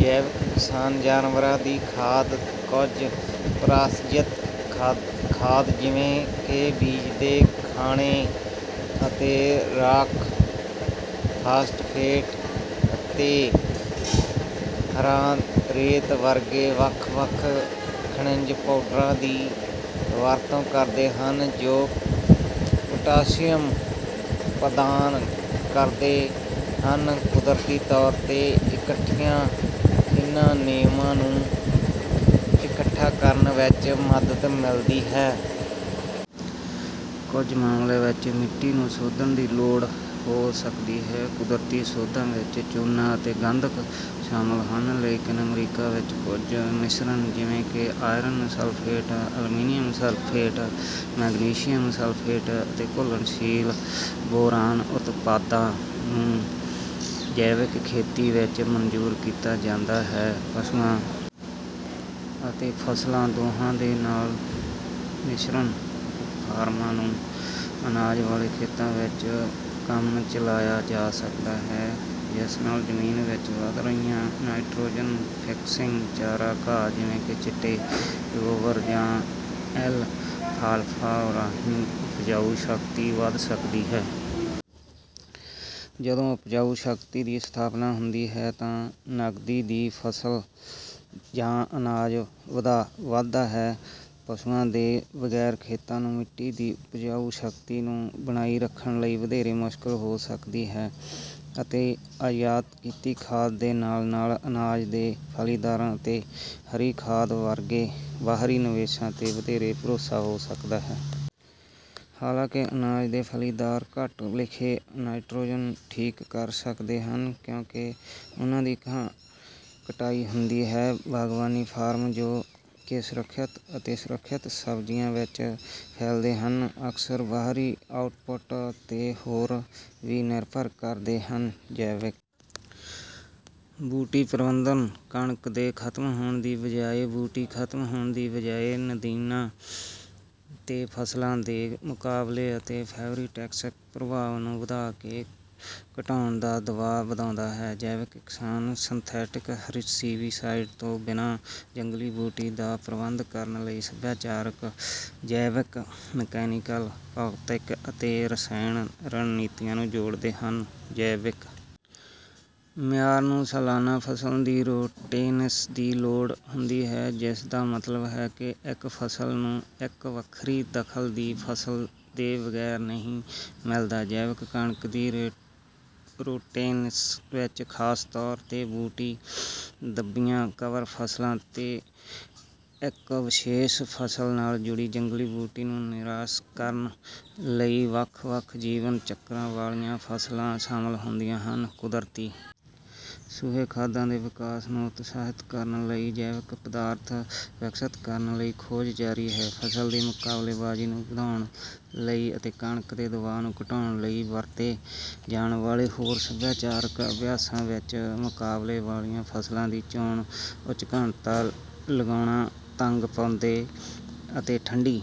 ਜੈਵਿਕ ਕਿਸਾਨ ਜਾਨਵਰਾਂ ਦੀ ਖਾਦ, ਕੁਝ ਪ੍ਰਾਸਜਿਤ ਖਾਦਾਂ, ਜਿਵੇਂ ਕਿ ਬੀਜਾਂ ਦੇ ਖਾਣੇ ਅਤੇ ਰਾਕ ਫਾਸਫੇਟ, ਅਤੇ ਹਰਾ ਰੇਤ ਵਰਗੇ ਵੱਖ-ਵੱਖ ਖਣਿਜ ਪਾਊਂਡਰ ਦੀ ਵਰਤੋਂ ਕਰਦੇ ਹਨ, ਜੋ ਪੋਟਾਸ਼ੀਅਮ ਪ੍ਰਦਾਨ ਕਰਦੇ ਹਨ। ਕੁਦਰਤੀ ਤੌਰ 'ਤੇ ਇਕੱਠਿਆਂ, ਇਨ੍ਹਾਂ ਨਿਯਮਾਂ ਨੂੰ ਇਕੱਠਾ ਕਰਨ ਵਿੱਚ ਮਦਦ ਮਿਲਦੀ ਹੈ। ਕੁਝ ਮਾਮਲਿਆਂ ਵਿੱਚ ਮਿੱਟੀ ਨੂੰ ਸੋਧਣ ਦੀ ਲੋੜ ਹੋ ਸਕਦੀ ਹੈ। ਕੁਦਰਤੀ ਸੋਧਾਂ ਵਿੱਚ ਚੂਨਾ ਅਤੇ ਗੰਧਕ ਸ਼ਾਮਲ ਹਨ, ਲੇਕਿਨ ਅਮਰੀਕਾ ਵਿੱਚ ਕੁਝ ਮਿਸ਼ਰਣ, ਜਿਵੇਂ ਕਿ iron sulphate, aluminium sulphate, magnesium sulphate ਅਤੇ ਘੁਲਣਸ਼ੀਲ ਬੋਰਾਨ ਉਤਪਾਦਾਂ ਨੂੰ ਜੈਵਿਕ ਖੇਤੀ ਵਿੱਚ ਮਨਜ਼ੂਰ ਕੀਤਾ ਜਾਂਦਾ ਹੈ। ਪਸ਼ੂਆਂ ਅਤੇ ਫ਼ਸਲਾਂ ਦੋਹਾਂ ਦੇ ਨਾਲ ਮਿਸ਼ਰਤ ਫਾਰਮਾਂ ਨੂੰ ਅਨਾਜ ਵਾਲੇ ਖੇਤਾਂ ਵਜੋਂ ਕੰਮ ਚਲਾਇਆ ਜਾ ਸਕਦਾ ਹੈ, ਜਿਸ ਨਾਲ ਜ਼ਮੀਨ ਵਿੱਚ ਵਧ ਰਹੀਆਂ ਨਾਈਟ੍ਰੋਜਨ-ਫਿਕਸਿੰਗ ਚਾਰਾ ਘਾਹਾਂ, ਜਿਵੇਂ ਕਿ ਚਿੱਟੇ ਕਲੋਵਰ ਜਾਂ ਐਲਫਾਲਫਾ, ਰਾਹੀਂ ਉਪਜਾਊ ਸ਼ਕਤੀ ਵਧ ਸਕਦੀ ਹੈ। ਜਦੋਂ ਉਪਜਾਊ ਸ਼ਕਤੀ ਦੀ ਸਥਾਪਨਾ ਹੁੰਦੀ ਹੈ, ਤਾਂ ਨਕਦੀ ਦੀ ਫ਼ਸਲ ਜਾਂ ਅਨਾਜ ਵਧਦਾ ਹੈ। ਪਸ਼ੂਆਂ ਦੇ ਬਗੈਰ ਖੇਤਾਂ ਨੂੰ ਮਿੱਟੀ ਦੀ ਉਪਜਾਊ ਸ਼ਕਤੀ ਨੂੰ ਬਣਾਈ ਰੱਖਣ ਲਈ ਵਧੇਰੇ ਮੁਸ਼ਕਲ ਹੋ ਸਕਦੀ ਹੈ ਅਤੇ ਆਯਾਤ ਕੀਤੀ ਖਾਦ ਦੇ ਨਾਲ-ਨਾਲ ਅਨਾਜ ਦੇ ਫਲ਼ੀਦਾਰਾਂ ਅਤੇ ਹਰੀ ਖਾਦ ਵਰਗੇ ਬਾਹਰੀ ਨਿਵੇਸ਼ਾਂ 'ਤੇ ਵਧੇਰੇ ਭਰੋਸਾ ਹੋ ਸਕਦਾ ਹੈ। ਹਾਲਾਂਕਿ, ਅਨਾਜ ਦੇ ਫਲ਼ੀਦਾਰ ਘੱਟ ਲਿਖੇ ਨਾਈਟ੍ਰੋਜਨ ਨੂੰ ਠੀਕ ਕਰ ਸਕਦੇ ਹਨ, ਕਿਉਂਕਿ ਉਹਨਾਂ ਦੀ ਕਟਾਈ ਹੁੰਦੀ ਹੈ। ਬਾਗਬਾਨੀ ਫਾਰਮ, ਜੋ ਕਿ ਸੁਰੱਖਿਅਤ ਅਤੇ ਸੁਰੱਖਿਅਤ ਸਬਜ਼ੀਆਂ ਵਿੱਚ ਫੈਲਦੇ ਹਨ, ਅਕਸਰ ਬਾਹਰੀ ਆਉਟਪੁੱਟ 'ਤੇ ਹੋਰ ਵੀ ਨਿਰਭਰ ਕਰਦੇ ਹਨ। ਜੈਵਿਕ ਬੂਟੀ ਪ੍ਰਬੰਧਨ ਕਣਕ ਦੇ ਖਤਮ ਹੋਣ ਦੀ ਬਜਾਏ, ਬੂਟੀ ਖਤਮ ਹੋਣ ਦੀ ਬਜਾਏ, ਨਦੀਣਾਂ ਤੇ ਫ਼ਸਲਾਂ ਦੇ ਮੁਕਾਬਲੇ ਅਤੇ ਫ਼ਾਇਟੋਟੌਕਸਿਕ ਪ੍ਰਭਾਵ ਨੂੰ ਵਧਾ ਕੇ ਘਟਾਉਣ ਦਾ ਦਬਾਅ ਵਧਾਉਂਦਾ ਹੈ। ਜੈਵਿਕ ਕਿਸਾਨ ਸਿੰਥੈਟਿਕ ਹਰੀਬੀਸਾਈਡ ਤੋਂ ਬਿਨਾਂ ਜੰਗਲੀ ਬੂਟੀ ਦਾ ਪ੍ਰਬੰਧ ਕਰਨ ਲਈ ਸੱਭਿਆਚਾਰਕ, ਜੈਵਿਕ, ਮਕੈਨੀਕਲ, ਭੌਤਿਕ ਅਤੇ ਰਸਾਇਣਕ ਰਣਨੀਤੀਆਂ ਨੂੰ ਜੋੜਦੇ ਹਨ। ਜੈਵਿਕ ਮਿਆਰ ਨੂੰ ਸਾਲਾਨਾ ਫ਼ਸਲ ਦੀ ਰੋਟੇਸ਼ਨ ਦੀ ਲੋੜ ਹੁੰਦੀ ਹੈ, ਜਿਸਦਾ ਮਤਲਬ ਹੈ ਕਿ ਇੱਕੋ ਫ਼ਸਲ ਨੂੰ ਇੱਕ ਵੱਖਰੀ, ਦਖ਼ਲ ਦੀ ਫ਼ਸਲ ਦੇ ਬਗੈਰ ਨਹੀਂ ਮਿਲਦਾ। ਜੈਵਿਕ ਕਣਕ ਦੀ ਰੋਟੇਸ਼ਨ ਵਿੱਚ ਖ਼ਾਸ ਤੌਰ 'ਤੇ ਬੂਟੀ-ਦੱਬੀਆਂ ਕਵਰ ਫ਼ਸਲਾਂ ਅਤੇ ਇੱਕ ਵਿਸ਼ੇਸ਼ ਫ਼ਸਲ ਨਾਲ ਜੁੜੀ ਜੰਗਲੀ ਬੂਟੀ ਨੂੰ ਨਿਰਾਸ਼ ਕਰਨ ਲਈ ਵੱਖ-ਵੱਖ ਜੀਵਨ ਚੱਕਰਾਂ ਵਾਲੀਆਂ ਫ਼ਸਲਾਂ ਸ਼ਾਮਲ ਹੁੰਦੀਆਂ ਹਨ। ਕੁਦਰਤੀ ਸੂਏ ਖਾਦਾਂ ਦੇ ਵਿਕਾਸ ਨੂੰ ਉਤਸ਼ਾਹਿਤ ਕਰਨ ਲਈ ਜੈਵਿਕ ਪਦਾਰਥ ਵਿਕਸਤ ਕਰਨ ਲਈ ਖੋਜ ਜਾਰੀ ਹੈ। ਫ਼ਸਲ ਦੀ ਮੁਕਾਬਲੇਬਾਜ਼ੀ ਨੂੰ ਵਧਾਉਣ ਲਈ ਅਤੇ ਕਣਕ ਦੇ ਦਬਾਅ ਨੂੰ ਘਟਾਉਣ ਲਈ ਵਰਤੇ ਜਾਣ ਵਾਲੇ ਹੋਰ ਸੱਭਿਆਚਾਰਕ ਅਭਿਆਸਾਂ ਵਿੱਚ ਮੁਕਾਬਲੇ ਵਾਲੀਆਂ ਫ਼ਸਲਾਂ ਦੀ ਚੋਣ, ਉੱਚ ਘਣਤਾ ਲਾਉਣਾ, ਤੰਗ ਪੌਦੇ ਅਤੇ ਠੰਢੀ...